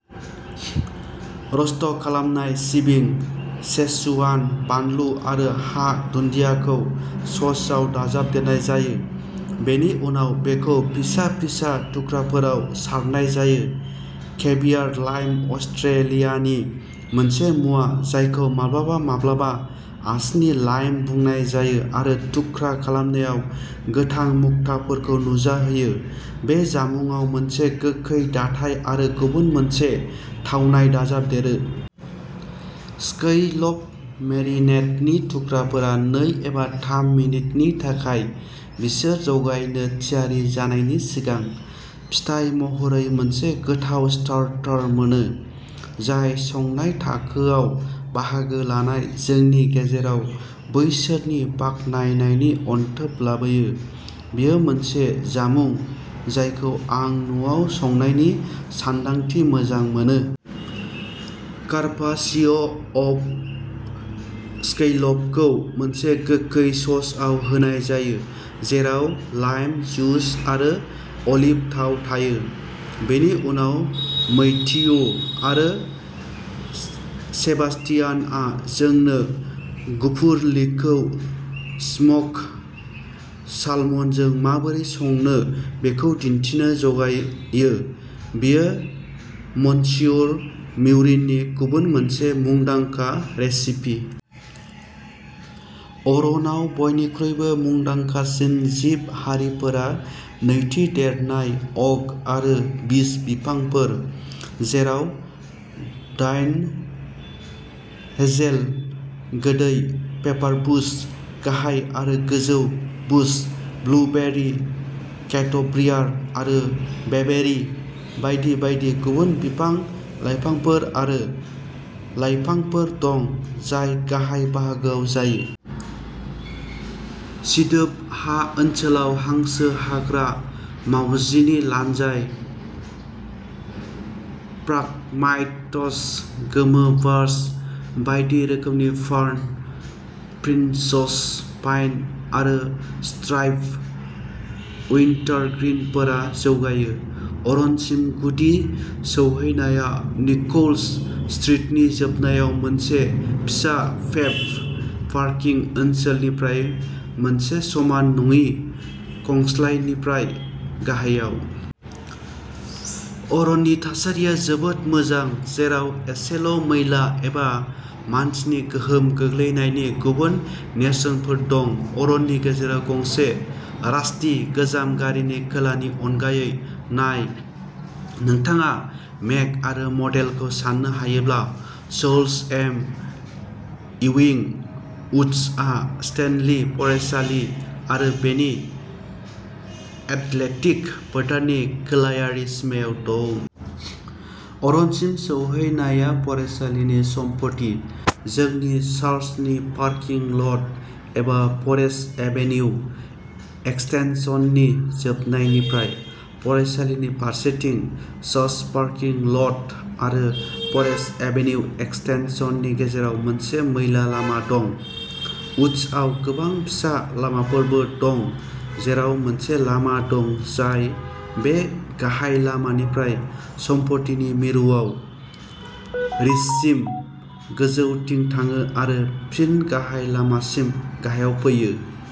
Roast खालामनाय सिबिं, Szechuan बानलु आरो हा-दुन्दियाखौ ससआव दाजाबदेरनाय जायो, बेनि उनाव बेखौ फिसा फिसा थुख्राफोराव सारनाय जायो। केभियार लाइम-अस्ट्रेलियानि मोनसे मुवा जायखौ माब्लाबा माब्लाबा आसिनि लाइम बुंनाय जायो आरो थुख्रा खालामनायाव गोथां मुक्ताफोरखौ नुजाहोयो-बे जामुंआव मोनसे गोखै दाथाय आरो गुबुन मोनसे थावनाय दाजाबदेरो। स्कैलप मेरिनेडनि थुख्राफोरा नै एबा थाम मिनिटनि थाखाय बिसोर जगायनो थियारि जानायनि सिगां। फिथाय महरै मोनसे गोथाव स्टार्टार मोनो, जाय संनाय थाखोआव बाहागो लानाय जोंनि गेजेराव बैसोरनि बाखनायनायनि अन्थोब लाबोयो। बेयो मोनसे जामुं जायखौ आं न'आव संनायनि सानदांथि मोजां मोनो। कार्पासिअ'अफ स्कैलपखौ मोनसे गोखै ससआव होनाय जायो, जेराव लाइम जुस आरो अलिभ थाव थायो। बेनि उनाव मैथियु आरो सेबास्तियानआ जोंनो गुफुर लिकखौ स्मोक्ड सालमनजों माबोरै संनो बेखौ दिन्थिनो जागायो। बेयो मन्सियुर म्यूरिननि गुबुन मोनसे मुंदांखा रेसिपि। अरनाव बयनिख्रुइबो मुंदांखासिन जिब-हारिफोरा नैथि देरनाय अक आरो बीच बिफांफोर, जेराव डायन हेजेल, गोदै पेपारबुश, गाहाय आरो गोजौ बुश ब्लुबेरि, केटब्रियार आरो बेबेरि बायदि बायदि गुबुन बिफां-लाइफांफोर आरो लायफांफोर दं, जाय गाहाय बाहागोआव जायो। सिदोब हा ओनसोलाव, हांसो हाग्रा, मावजिनि लानजाय, फ्राग्माइट्स, गोमो बार्च, बायदि रोखोमनि फार्न, प्रिन्स'स पाइन आरो स्ट्राइप्ड उइन्टारग्रीनफोरा जौगायो। अरनसिम गुदि सौहैनाया निकोल्स स्ट्रीटनि जोबनायाव मोनसे फिसा पेभ्ड पार्किं ओनसोलनिफ्राय मोनसे समान नङि खंस्लायनिफ्राय गाहायाव। अरननि थासारिया जोबोद मोजां, जेराव एसेल'मैला एबा मानसिनि गोहोम गोग्लैनायनि गुबुन नेरसोनफोर दं-अरननि गेजेराव गंसे रास्टि गोजाम गारिनि खोलानि अनगायै नाय, नोंथाङा मेक आरो मडेलखौ सान्नो हायोब्ला चार्ल्स एम. इउइं उड्सआ स्टेनलि फरायसालि आरो बेनि एथलेटिक फोथारनि खोलायारि सिमायाव दं। अरनसिम सौहैनाया फरायसालिनि सम्पथि, जोंनि चार्चनि पार्किं ल'ट, एबा फरेस्ट एभेन्यु एक्सटेनसननि जोबनायनिफ्राय फरायसालिनि फारसेथिं, चार्च पार्किं ल'ट आरो फरेस्ट एभेन्यु एक्सटेनसननि गेजेराव मोनसे मैला लामा दं। उड्सआव गोबां फिसा लामाफोरबो दं, जेराव मोनसे लामा दं जाय बे गाहाय लामानिफ्राय सम्पथिनि मिरुआव रिजसिम गोजौथिं थाङो आरो फिन गाहाय लामासिम गाहायाव फैयो।